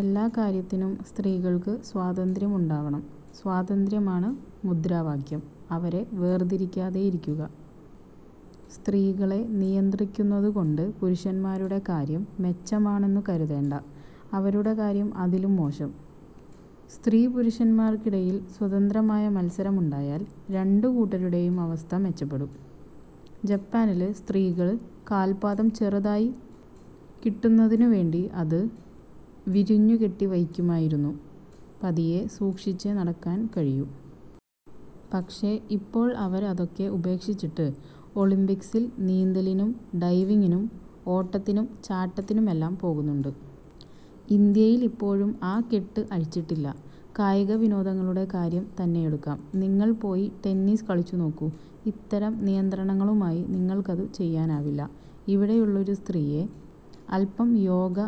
എല്ലാക്കാര്യത്തിനും സ്ത്രീകള്ക്ക് സ്വാതന്ത്ര്യമുണ്ടാവണം. 'സ്വാതന്ത്ര്യ'മാണ് മുദ്രാവാക്യം. അവരെ വേര്തിരിക്കാതെയിരിക്കുക. സ്ത്രീകളെ നിയന്ത്രിക്കുന്നതുകൊണ്ട് പുരുഷന്മാരുടെ കാര്യം മെച്ചമാണെന്നു കരുതേണ്ട. അവരുടെ കാര്യം അതിലും മോശം. സ്ത്രീ-പുരുഷന്മാര്ക്കിടയില് സ്വതന്ത്രമായ മത്സരമുണ്ടായാല് രണ്ടു കൂട്ടരുടേയും അവസ്ഥ മെച്ചപ്പെടും. ജപ്പാനില് സ്ത്രീകള് കാല്പ്പാദം ചെറുതായി കിട്ടുന്നതിനുവേണ്ടി അത് വിരിഞ്ഞുകെട്ടിവയ്ക്കുമായിരുന്നു. പതിയെ സൂക്ഷിച്ചേ നടക്കാന് കഴിയൂ. പക്ഷേ, ഇപ്പോള് അവര് അതൊക്കെ ഉപേക്ഷിച്ചിട്ട് ഒളിമ്പിക്സില് നീന്തലിനും ഡൈവിംഗിനും ഓട്ടത്തിനും ചാട്ടത്തിനുമെല്ലാം പോകുന്നുണ്ട്. ഇന്ത്യയിലിപ്പോഴും ആ കെട്ട് അഴിച്ചിട്ടില്ല. കായികവിനോദങ്ങളുടെ കാര്യം തന്നെയെടുക്കാം. നിങ്ങള് പോയി ടെന്നീസ് കളിച്ചുനോക്കൂ. ഇത്തരം നിയന്ത്രണങ്ങളുമായി നിങ്ങള്ക്കതു ചെയ്യാനാവില്ല. ഇവിടെയുള്ള ഒരു സ്ത്രീയെ അല്പം യോഗ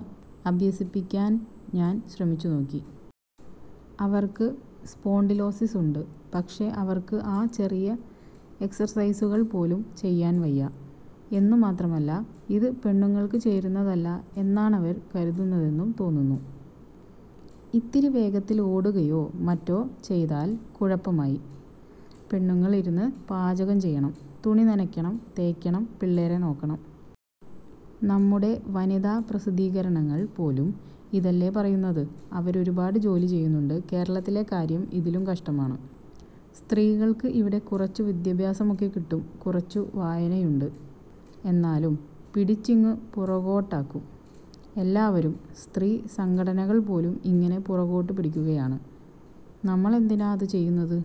അഭ്യസിപ്പിക്കാന് ഞാന് ശ്രമിച്ചുനോക്കി. അവര്ക്ക് സ്പോണ്ടിലോസിസ് ഉണ്ട്. പക്ഷേ, അവര്ക്ക് ആ ചെറിയ എക്സര്സൈസുകള് പോലും ചെയ്യാന് വയ്യ. എന്നു മാത്രമല്ല, അത് പെണ്ണുങ്ങള്ക്ക് ചേര്ന്നതല്ല എന്നാണവര് കരുതുന്നതെന്നും തോന്നുന്നു. ഇത്തിരി വേഗത്തില് ഓടുകയോ മറ്റോ ചെയ്താല് കുഴപ്പമായി. പെണ്ണുങ്ങള് ഇരുന്ന് പാചകം ചെയ്യണം. തുണി നനയ്ക്കണം, തേയ്ക്കണം, പിള്ളേരെ നോക്കണം. നമ്മുടെ വനിതാപ്രസിദ്ധീകരണങ്ങള് പോലും ഇതല്ലേ പറയുന്നത്. അവര് ഒരുപാട് ജോലി ചെയ്യുന്നുണ്ട്. കേരളത്തിലെ കാര്യം ഇതിലും കഷ്ടമാണ്. സ്ത്രീകള്ക്ക് ഇവിടെ കുറച്ചു വിദ്യാഭ്യാസമൊക്കെ കിട്ടും. കുറച്ചു വായനയുണ്ട്. എന്നാലും പിടിച്ചിങ്ങു പുറകോട്ടാക്കും. എല്ലാവരും സ്ത്രീ സംഘടനകള് പോലും ഇങ്ങനെ പുറകോട്ടു പിടിക്കുകയാണ്. നമ്മളെന്തിനാ അതു ചെയ്യുന്നത്?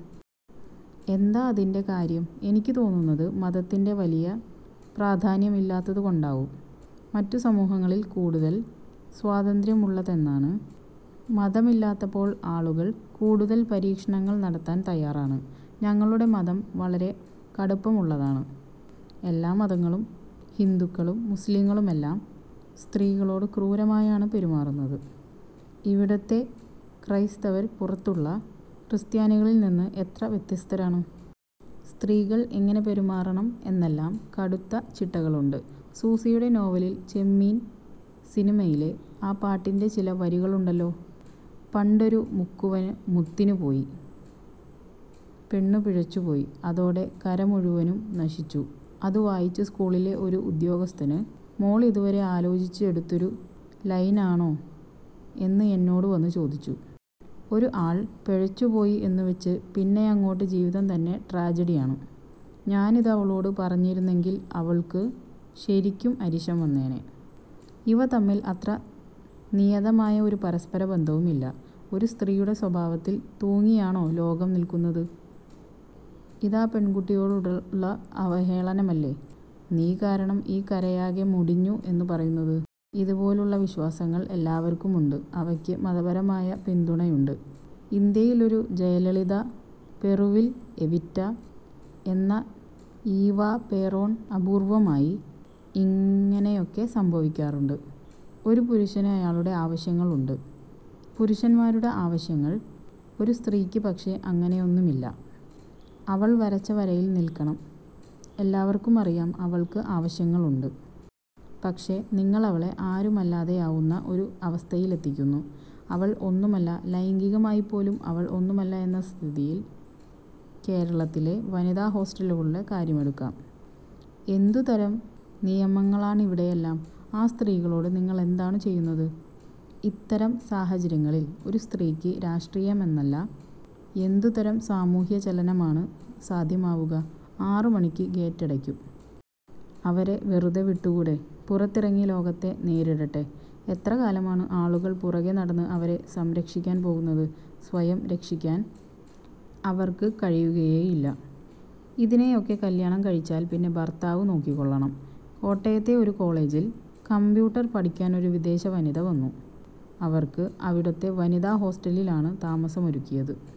എന്താ അതിന്റെ കാര്യം? എനിക്കു തോന്നുന്നത് മതത്തിന് വലിയ പ്രാധാന്യമില്ലാത്തതുകൊണ്ടാവും മറ്റു സമൂഹങ്ങളില് കൂടുതല് സ്വാതന്ത്ര്യമുള്ളതെന്നാണ്. മതമില്ലാത്തപ്പോള് ആളുകള് കൂടുതല് പരീക്ഷണങ്ങള് നടത്താന് തയ്യാറാണ്. ഞങ്ങളുടെ മതം വളരെ കടുപ്പമുള്ളതാണ്. എല്ലാ മതങ്ങളും, ഹിന്ദുക്കളും-മുസ്ലിങ്ങളുമെല്ലാം സ്ത്രീകളോട് ക്രൂരമായാണ് പെരുമാറുന്നത്. ഇവിടുത്തെ ക്രൈസ്തവര് പുറത്തുള്ള ക്രിസ്ത്യാനികളില്നിന്ന് എത്ര വ്യത്യസ്തരാണ്? സ്ത്രീകള് എങ്ങനെ പെരുമാറണം എന്നെല്ലാം കടുത്ത ചിട്ടകളുണ്ട്. സൂസിയുടെ നോവലില് 'ചെമ്മീന്' സിനിമയിലെ ആ പാട്ടിന്റെ ചില വരികളുണ്ടല്ലോ. 'പണ്ടൊരു മുക്കുവന് മുത്തിനു പോയി... ' പെണ്ണു പിഴച്ചുപോയി. അതോടെ കര മുഴുവനും നശിച്ചു. അതു വായിച്ച് സ്കൂളിലെ ഒരു ഉദ്യോഗസ്ഥന് ''മോളിത് വളരെ ആലോചിച്ച് എടുത്തൊരു ലൈനാണോ'' എന്ന് എന്നോടു വന്നു ചോദിച്ചു. ഒരു ആള് പെഴച്ചുപോയി എന്നുവെച്ച് പിന്നെയങ്ങോട്ട് ജീവിതം തന്നെ ട്രാജഡിയാണ്. ഞാനിത് അവളോടു പറഞ്ഞിരുന്നെങ്കില് അവള്ക്ക് ശരിക്കും അരിശം വന്നേനെ. ഇവ തമ്മില് അത്ര നിയതമായ ഒരു പരസ്പര ബന്ധവുമില്ല. ഒരു സ്ത്രീയുടെ സ്വഭാവത്തില് തൂങ്ങിയാണോ ലോകം നില്ക്കുന്നത്? ഇതാ പെണ്കുട്ടിയോടുള്ള അവഹേളനമല്ലേ? നീ കാരണം ഈ കരയാകെ മുടിഞ്ഞു എന്നു പറയുന്നത്. ഇതുപോലെയുള്ള വിശ്വാസങ്ങള് എല്ലാവര്ക്കുമുണ്ട്. അവയ്ക്ക് മതപരമായ പിന്തുണയുണ്ട്. ഇന്ത്യയിലൊരു ജയലളിത, പെറുവില് 'എവിറ്റ' എന്ന ഈവാ പെറോണ് അപൂര്വമായി ഇങ്ങനെയൊക്കെ സംഭവിക്കാറുണ്ട്. ഒരു പുരുഷന് അയാളുടെ ആവശ്യങ്ങളുണ്ട്. പുരുഷന്മാരുടെ ആവശ്യങ്ങള്. ഒരു സ്ത്രീക്ക് പക്ഷേ, അങ്ങനെയൊന്നുമില്ല. അവള് വരച്ച വരയില് നില്ക്കണം. എല്ലാവര്ക്കുമറിയാം അവള്ക്ക് ആവശ്യങ്ങളുണ്ട്. പക്ഷേ, നിങ്ങളവളെ ആരുമല്ലാതെയാവുന്ന ഒരു അവസ്ഥയിലെത്തിക്കുന്നു. അവള് ഒന്നുമല്ല ലൈംഗികമായിപ്പോലും അവള് ഒന്നുമല്ല എന്ന സ്ഥിതിയില്. കേരളത്തിലെ വനിതാ ഹോസ്റ്റലുകളുടെ കാര്യമെടുക്കാം. എന്തുതരം നിയമങ്ങളാണവിടെയെല്ലാം. ആ സ്ത്രീകളോട് നിങ്ങളെന്താണു ചെയ്യുന്നത്? '. ഇത്തരം സാഹചര്യങ്ങളില് ഒരു സ്ത്രീക്ക് രാഷ്ട്രീയമെന്നല്ല, എന്തുതരം സാമൂഹ്യചലനമാണ് സാധ്യമാവുക. ആറുമണിക്ക് ഗേറ്റടയ്ക്കും! അവരെ വെറുതെ വിട്ടുകൂടേ? പുറത്തിറങ്ങി ലോകത്തെ നേരിടട്ടെ. എത്ര കാലമാണ് ആളുകള് പുറകേ നടന്ന് അവരെ സംരക്ഷിക്കാന് പോകുന്നത്! സ്വയം സംരക്ഷിക്കാന് അവര്ക്ക് കഴിയുകയേയില്ല. ഇതിനെയൊക്കെ കല്ല്യാണം കഴിച്ചാല് പിന്നെ ഭര്ത്താവ് നോക്കിക്കൊള്ളണം.! കോട്ടയത്തെ ഒരു കോളേജില് കംപ്യൂട്ടര് പഠിപ്പിക്കാനൊരു വിദേശ വനിത വന്നു. അവര്ക്ക് അവിടുത്തെ വനിതാ ഹോസ്റ്റലിലാണ് താമസമൊരുക്കിയത്.